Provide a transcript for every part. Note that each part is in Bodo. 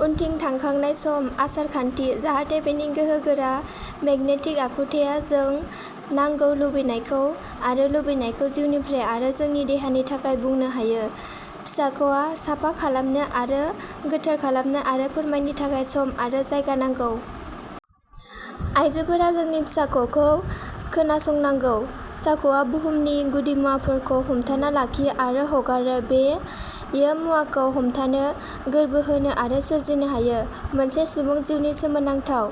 उनथिं थांखांनाय सम, आसार खान्थि जाहाथे बेनि गोहोगोरा मेगनेटिक आखुथाया जों नांगौ, लुबैनायखौ आरो लुबैनायखौ जिउनिफ्राय आरो जोंनि देहानि थाखाय बुंनो हायो। फिसाख'आ साफा खालामनो आरो गोथार खालामनो आरो फोरमायनो थाखाय सम आरो जायगा नांगौ। आइजोफोरा जोंनि फिसाख'खौ खोनासंनांगौ। फिसाख'आ बुहुमनि गुदिमुवाफोरखौ हमथाना लाखियो आरो हगारो बेयो मुवाखौ हमथानो, गोर्बो होनो आरो सोरजिनो हायो, मोनसे सुबुं जिउनि सोमोनांथाव।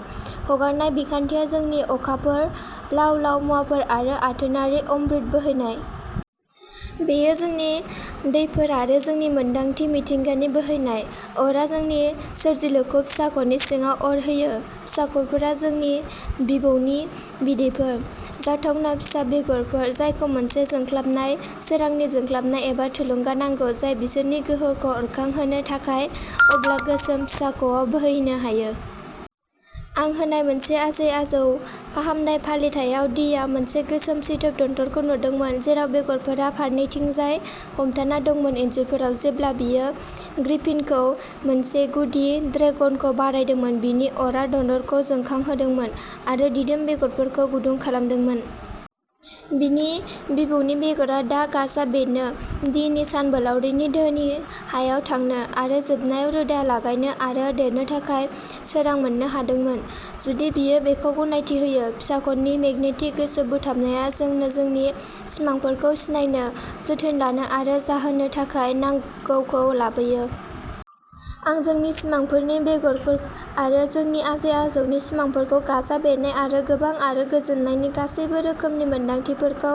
हगारनाय बिखान्थिया जोंनि अखाफोर, लाव लाव मुवाफोर आरो आथोनारि अमृत बोहैनाय। बेयो जोंनि दैफोर आरो जोंनि मोन्दांथि मिथिंगानि बोहैनाय। अरआ जोंनि सोरजिलुखौ फिसाख'नि सिङाव अर होयो। फिसाख'फोरा जोंनि बिबौनि बिदैफोर। जाथावना फिसा बेगरफोर जायखौ मोनसे जोंख्लाबनाय, सोरांनि जोंख्लाबनाय एबा थुलुंगा नांगौ जाय बिसोरनि गोहोखौ अरखांहोनो थाखाय अब्ला गोसोम फिसाख'आव बोहैनो हायो। आं होनाय मोनसे आजै आजौ फाहामनाय फालिथायाव, डीआ मोनसे गोसोम सिदोब दन्दरखौ नुदोंमोन, जेराव बेगरफोरा फारनैथिंजाय हमथाना दंमोन इन्जुरफोराव। जेब्ला बियो ग्रिफिनखौ, मोनसे गुदि ड्रेगनखौ बरायदोंमोन, बिनि अरआ दन्दरखौ जोंखांहोदोंमोन आरो दिदोम बेगरफोरखौ गुदुं खालामदोंमोन। बिनि बिबौनि बेगरा दा गाजा बेरनो, डीनि सानबोलावरिनि धोनि हायाव थांनो, आरो जोबनायाव रोदा लागायनो आरो देरनो थाखाय सोरां मोननो हादोंमोन, जुदि बियो बेखौ गनायथि होयो। फिसाख'नि मेगनेटिक गोसो बोगथाबनाया जोंनो जोंनि सिमांफोरखौ सिनायनो, जोथोन लानो आरो जाहोनो थाखाय नांगौखौ लाबोयो। आं जोंनि सिमांफोरनि बेगरफोर आरो जोंनि आजै आजौनि सिमांफोरखौ गाजा बेरनाय आरो गोबां आरो गोजोननायनि गासैबो रोखोमनि मोनदांथिफोरखौ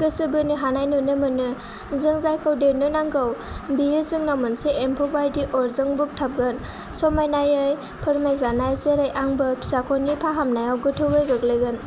गोसो बोनो हानाय नुनो मोनो। जों जायखौ देरनो नांगौ, बेयो जोंनाव मोनसे एम्फौ बायदि अरजों बोगथाबगोन। समायनायै फोरमायजानाय, जेरै आंबो, फिसाख'नि फाहामनायाव गोथौवै गोग्लैगोन।